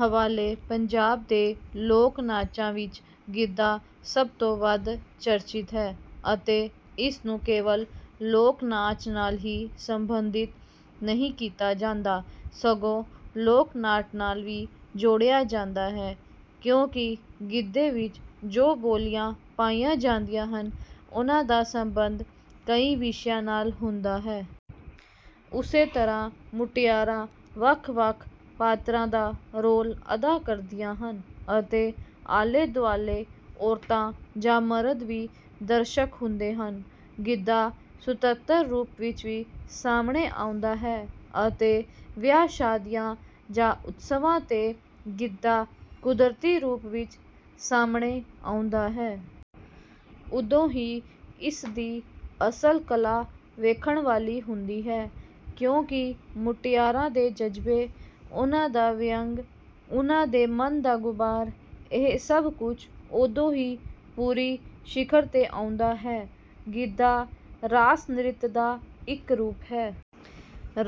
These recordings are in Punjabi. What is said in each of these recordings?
ਹਵਾਲੇ ਪੰਜਾਬ ਦੇ ਲੋਕ-ਨਾਚਾਂ ਵਿੱਚ ਗਿੱਧਾ ਸਭ ਤੋਂ ਵੱਧ ਚਰਚਿਤ ਹੈ ਅਤੇ ਇਸ ਨੂੰ ਕੇਵਲ ਲੋਕ-ਨਾਚ ਨਾਲ ਹੀ ਸਬੰਧਿਤ ਨਹੀਂ ਕੀਤਾ ਜਾਂਦਾ, ਸਗੋਂ ਲੋਕ-ਨਾਟ ਨਾਲ ਵੀ ਜੋੜਿਆ ਜਾਂਦਾ ਹੈ, ਕਿਉਂਕਿ ਗਿੱਧੇ ਵਿੱਚ ਜੋ ਬੋਲੀਆਂ ਪਾਈਆਂ ਜਾਂਦੀਆਂ ਹਨ, ਉਹਨਾਂ ਦਾ ਸੰਬੰਧ ਕਈ ਵਿਸ਼ਿਆਂ ਨਾਲ ਹੁੰਦਾ ਹੈ। ਉਸੇ ਤਰ੍ਹਾਂ ਮੁਟਿਆਰਾਂ ਵੱਖ-ਵੱਖ ਪਾਤਰਾਂ ਦਾ ਰੋਲ ਅਦਾ ਕਰਦੀਆਂ ਹਨ ਅਤੇ ਆਲੇ-ਦੁਆਲੇ ਔਰਤਾਂ ਜਾਂ ਮਰਦ ਵੀ ਦਰਸ਼ਕ ਹੁੰਦੇ ਹਨ। ਗਿੱਧਾ ਸੁਤੰਤਰ ਰੂਪ ਵਿੱਚ ਵੀ ਸਾਹਮਣੇ ਆਉਂਦਾ ਹੈ ਅਤੇ ਵਿਆਹ-ਸ਼ਾਦੀਆਂ ਜਾਂ ਉਤਸਵਾਂ 'ਤੇ ਗਿੱਧਾ ਕੁਦਰਤੀ ਰੂਪ ਵਿੱਚ ਸਾਹਮਣੇ ਆਉਂਦਾ ਹੈ। ਉਦੋਂ ਹੀ ਇਸ ਦੀ ਅਸਲ ਕਲਾ ਵੇਖਣ ਵਾਲੀ ਹੁੰਦੀ ਹੈ, ਕਿਉਂਕਿ ਮੁਟਿਆਰਾਂ ਦੇ ਜਜ਼ਬੇ, ਉਹਨਾਂ ਦਾ ਵਿਅੰਗ, ਉਹਨਾਂ ਦੇ ਮਨ ਦਾ ਗ਼ੁਬਾਰ ਇਹ ਸਭ ਕੁਝ ਉਦੋਂ ਹੀ ਪੂਰੀ ਸਿਖਰ 'ਤੇ ਆਉਂਦਾ ਹੈ। ਗਿੱਧਾ ਰਾਸ-ਨ੍ਰਿਤ ਦਾ ਇੱਕ ਰੂਪ ਹੈ।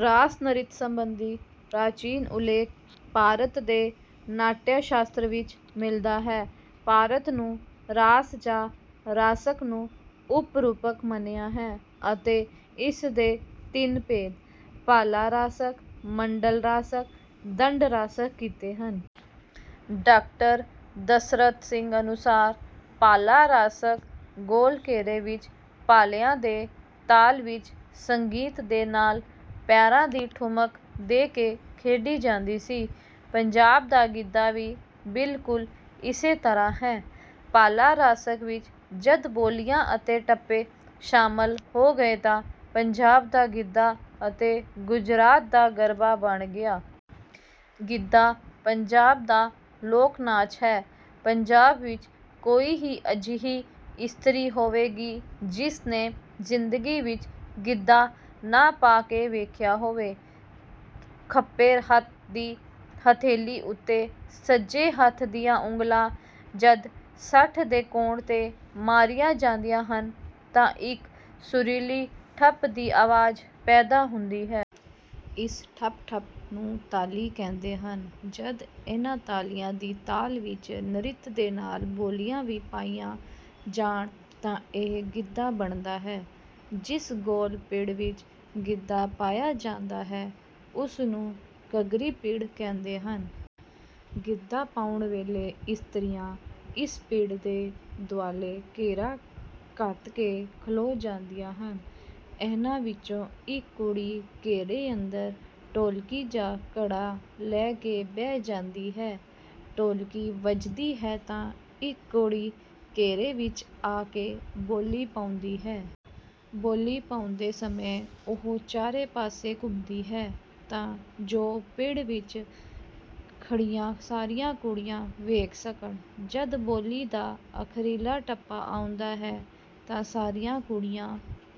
ਰਾਸ-ਨ੍ਰਿਤ ਸੰਬੰਧੀ ਪ੍ਰਾਚੀਨ ਉੱਲੇਖ ਭਾਰਤ ਦੇ ਨਾਟਯ-ਸ਼ਾਸਤਰ ਵਿੱਚ ਮਿਲਦਾ ਹੈ। ਭਾਰਤ ਨੂੰ ਰਾਸ ਜਾਂ ਰਾਸਕ ਨੂੰ ਉਪ-ਰੂਪਕ ਮੰਨਿਆ ਹੈ ਅਤੇ ਇਸ ਦੇ ਤਿੰਨ ਭੇਦ - ਭਾਲਾ ਰਾਸਕ, ਮੰਡਲ ਰਾਸਕ, ਦੰਡ ਰਾਸਕ ਕੀਤੇ ਹਨ। "ਡਾਕਟਰ ਦਸਰਥ ਸਿੰਘ ਅਨੁਸਾਰ, "ਭਾਲਾ ਰਾਸਕ ਗੋਲ ਘੇਰੇ ਵਿੱਚ ਭਾਲੀਆਂ ਦੇ ਤਾਲ ਵਿੱਚ ਸੰਗੀਤ ਦੇ ਨਾਲ ਪੈਰਾਂ ਦੀ ਠੁਮਕ ਦੇ ਕੇ ਖੇਡੀ ਜਾਂਦੀ ਸੀ। ਪੰਜਾਬ ਦਾ ਗਿੱਧਾ ਵੀ ਬਿਲਕੁਲ ਇਸੇ ਤਰ੍ਹਾਂ ਹੈ, ਭਾਲਾ ਰਾਸਕ ਵਿੱਚ ਜਦ ਬੋਲੀਆਂ ਅਤੇ ਟੱਪੇ ਸ਼ਾਮਲ ਹੋ ਗਏ ਤਾਂ ਪੰਜਾਬ ਦਾ ਗਿੱਧਾ ਅਤੇ ਗੁਜਰਾਤ ਦਾ ਗਰਬਾ ਬਣ ਗਿਆ।" ਗਿੱਧਾ ਪੰਜਾਬ ਦਾ ਲੋਕ-ਨਾਚ ਹੈ। ਪੰਜਾਬ ਵਿੱਚ ਕੋਈ ਹੀ ਅਜਿਹੀ ਇਸਤਰੀ ਹੋਵੇਗੀ ਜਿਸ ਨੇ ਜ਼ਿੰਦਗੀ ਵਿੱਚ ਗਿੱਧਾ ਨਾ ਪਾ ਕੇ ਵੇਖਿਆ ਹੋਵੇ। ਖੱਬੇ ਹੱਥ ਦੀ ਹਥੇਲੀ ਉੱਤੇ ਸੱਜੇ ਹੱਥ ਦੀਆਂ ਉਂਗਲਾਂ ਜਦ ਸੱਠ ਦੇ ਕੋਣ 'ਤੇ ਮਾਰੀਆਂ ਜਾਂਦੀਆਂ ਹਨ ਤਾਂ ਇੱਕ ਸੁਰੀਲੀ ਠੱਪ ਦੀ ਆਵਾਜ਼ ਪੈਦਾ ਹੁੰਦੀ ਹੈ। ਇਸ ਠੱਪ-ਠੱਪ ਨੂੰ ਤਾਲੀ ਕਹਿੰਦੇ ਹਨ। ਜਦ ਇਹਨਾਂ ਤਾਲੀਆਂ ਦੀ ਤਾਲ ਵਿੱਚ ਨ੍ਰਿਤ ਦੇ ਨਾਲ ਬੋਲੀਆਂ ਵੀ ਪਾਈਆਂ ਜਾਣ ਤਾਂ ਇਹ ਗਿੱਧਾ ਬਣਦਾ ਹੈ। ਜਿਸ ਗੋਲ ਪਿੜ ਵਿੱਚ ਗਿੱਧਾ ਪਾਇਆ ਜਾਂਦਾ ਹੈ, ਉਸ ਨੂੰ ਘੱਗਰੀ-ਪਿੜ ਕਹਿੰਦੇ ਹਨ। ਗਿੱਧਾ ਪਾਉਣ ਵੇਲੇ ਇਸਤਰੀਆਂ ਇਸ ਪਿੜ ਦੇ ਦੁਆਲੇ ਘੇਰਾ ਘੱਤ ਕੇ ਖਲੋ ਜਾਂਦੀਆਂ ਹਨ, ਇਹਨਾਂ ਵਿੱਚੋਂ ਇੱਕ ਕੁੜੀ ਘੇਰੇ ਅੰਦਰ ਢੋਲਕੀ ਜਾਂ ਘੜਾ ਲੈ ਕੇ ਬਹਿ ਜਾਂਦੀ ਹੈ। ਢੋਲਕੀ ਵੱਜਦੀ ਹੈ ਤਾਂ ਇੱਕ ਕੁੜੀ ਘੇਰੇ ਵਿੱਚ ਆ ਕੇ ਬੋਲੀ ਪਾਉਂਦੀ ਹੈ। ਬੋਲੀ ਪਾਉਂਦੇ ਸਮੇਂ ਉਹ ਚਾਰੇ ਪਾਸੇ ਘੁੰਮਦੀ ਹੈ, ਤਾਂ ਜੋ ਪਿੜ ਵਿੱਚ ਖੜ੍ਹੀਆਂ ਸਾਰੀਆਂ ਕੁੜੀਆਂ ਵੇਖ ਸਕਣ। ਜਦ ਬੋਲੀ ਦਾ ਅਖ਼ੀਰਲਾ ਟੱਪਾ ਆਉਂਦਾ ਹੈ ਤਾਂ ਸਾਰੀਆਂ ਕੁੜੀਆਂ